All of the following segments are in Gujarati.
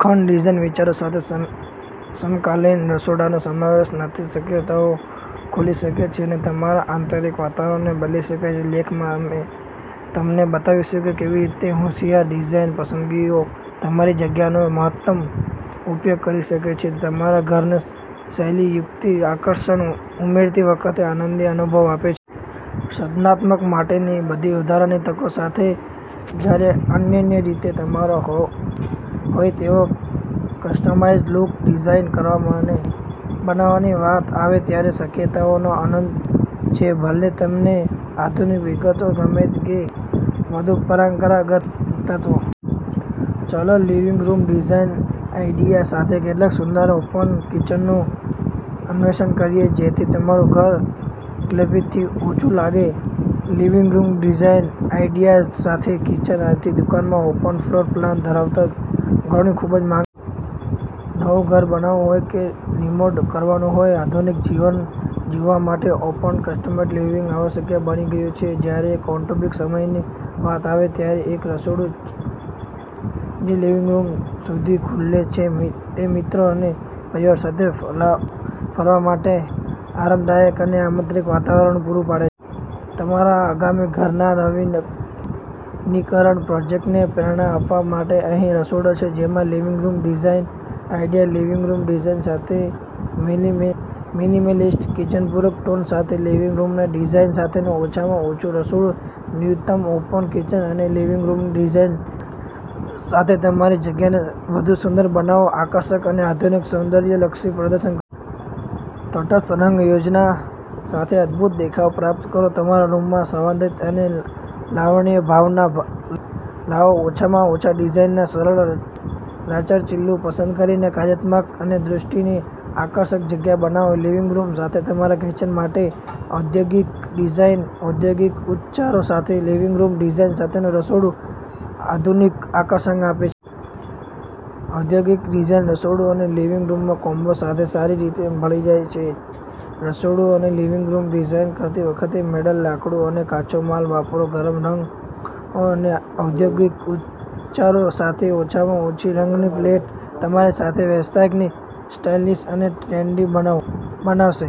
ખંડ ડિઝાઇન વિચારો સાથે સમ સમકાલીન રસોડા નો સમાવેશ નવી શક્યતાઓ ખોલી શકે છે અને તમારા આંતરિક વાતાવરણને બલી શકે છે. લેખમાં અમે તમને બતાવીશું કે કેવી રીતે હોંશિયાર ડિઝાઇન પસંદગીઓ તમારી જગ્યાનો મહત્તમ ઉપયોગ કરી શકે છે જે તમારા ઘરને શૈલીયુક્ત આકર્ષણ ઉમેરતી વખતે આનંદી અનુભવ આપે છે. સર્જનાત્મકતા માટેની બધી વધારાની તકો સાથે જ્યારે અનન્ય રીતે તમારો હોય તેવા કસ્ટમાઇઝ લુકને ડિઝાઇન કરવા અને બનાવવાની વાત આવે ત્યારે શક્યતાઓ અનંત છે. ભલે તમને આધુનિક વિગતો ગમે કે વધુ પરંપરાગત તત્વો. ચાલો લિવિંગ રૂમ ડિઝાઇન આઇડિયા સાથે કેટલાક સુંદર ઓપન કિચનનું અન્વેષણ કરીએ જેથી તમારું ઘર કલ્પિતથી ઓછું લાગે. લિવિંગ રૂમ ડિઝાઇન આઇડિયાઝ સાથે કિચન આજની દુનિયામાં ઓપન ફ્લોર પ્લાન ધરાવતા ઘરોની ખૂબ માંગ નવું ઘર બનાવવું હોય કે રિમોડલ કરવાનું હોય, આધુનિક જીવન જીવવા માટે ઓપન-કન્સેપ્ટ લિવિંગ આવશ્યક બની ગયું છે. અને જ્યારે કૌટુંબિક સમયની વાત આવે છે, ત્યારે એક રસોડું જે લિવિંગ રૂમ સુધી ખુલે છે તે મિત્રો અને પરિવાર સાથે ફરવા માટે આરામદાયક અને આમંત્રિત વાતાવરણ પૂરું પાડે તમારા આગામી ઘરના નવીનીકરણ પ્રોજેક્ટને પ્રેરણા આપવા માટે અહીં રસોડા છે જેમાં લિવિંગ રૂમ ડિઝાઇન આઇડિયા છે. લિવિંગ રૂમ ડિઝાઇન સાથે મિનિમેલિસ્ટ કિચનપૂરક ટોન સાથે લિવિંગ રૂમની ડિઝાઇન સાથેનું ઓછામાં ઓછું રસોડું ન્યૂનતમ ઓપન કિચન અને લિવિંગ રૂમની ડિઝાઇન સાથે તમારી જગ્યાને વધુ સુંદર બનાવો, આકર્ષક અને આધુનિક સૌંદર્યલક્ષી પ્રદર્શન કરો. તટસ્થ રંગ યોજના સાથે અદભૂત દેખાવ પ્રાપ્ત કરો. તમારા રૂમમાં સંવાદિતા અને લાવણ્યની ભાવના લાવો. ઓછામાં ઓછા ડિઝાઇનમાં સરળ રાચરચીલું પસંદ કરીને કાર્યાત્મક અને દૃષ્ટિની આકર્ષક જગ્યા બનાવો. લિવિંગ રૂમ સાથે તમારા કિચન માટે ઔદ્યોગિક ડિઝાઇન ઔદ્યોગિક ઉચ્ચારો સાથે લિવિંગ રૂમ ડિઝાઇન સાથેનું રસોડું આધુનિક આકર્ષણ આપે ઔદ્યોગિક ડિઝાઇન રસોડું અને લિવિંગ રૂમ નો કોમ્બો સાથે સારી રીતે ભળી જાય છે. રસોડું અને લિવિંગ રૂમ ડિઝાઇન કરતી વખતે મેટલ, લાકડું અને કાચો માલ વાપરો. ગરમ રંગો અને ઔદ્યોગિક ઉચ્ચારો સાથેની ઓછામાં ઓછી રંગની પ્લેટ તમારી જગ્યાને વ્યાવસાયિક, સ્ટાઇલિશ અને ટ્રેન્ડી બનાઓ બનાવશે.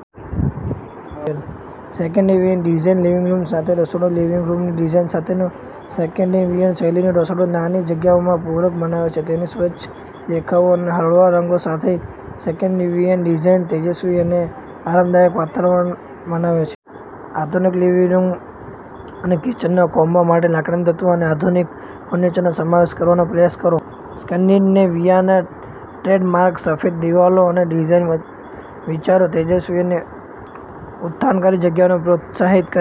સ્કેન્ડિનેવિયન ડિઝાઇન લિવિંગ રૂમ સાથે રસોડું લિવિંગ રૂમની ડિઝાઈન સાથેનું સ્કેન્ડિનેવિયન શૈલીનું રસોડું નાની જગ્યાઓને પૂરક બનાવે છે. તેની સ્વચ્છ રેખાઓ અને હળવા રંગો સાથે સ્કેન્ડિનેવિયન ડિઝાઇન તેજસ્વી અને આરામદાયક વાતાવરણ બનાવે છે. આધુનિક લિવિંગ રૂમ અને કિચન કોમ્બો માટે લાકડાના તત્વો અને આધુનિક ફર્નિચરનો સમાવેશ કરવાનો પ્રયાસ કરો. સ્કેન્ડિનેવિયાના ટ્રેડમાર્ક સફેદ દિવાલો અને ડિઝાઇન વિચારો તેજસ્વી અને ઉત્થાનકારી જગ્યાને પ્રોત્સાહિત કરે.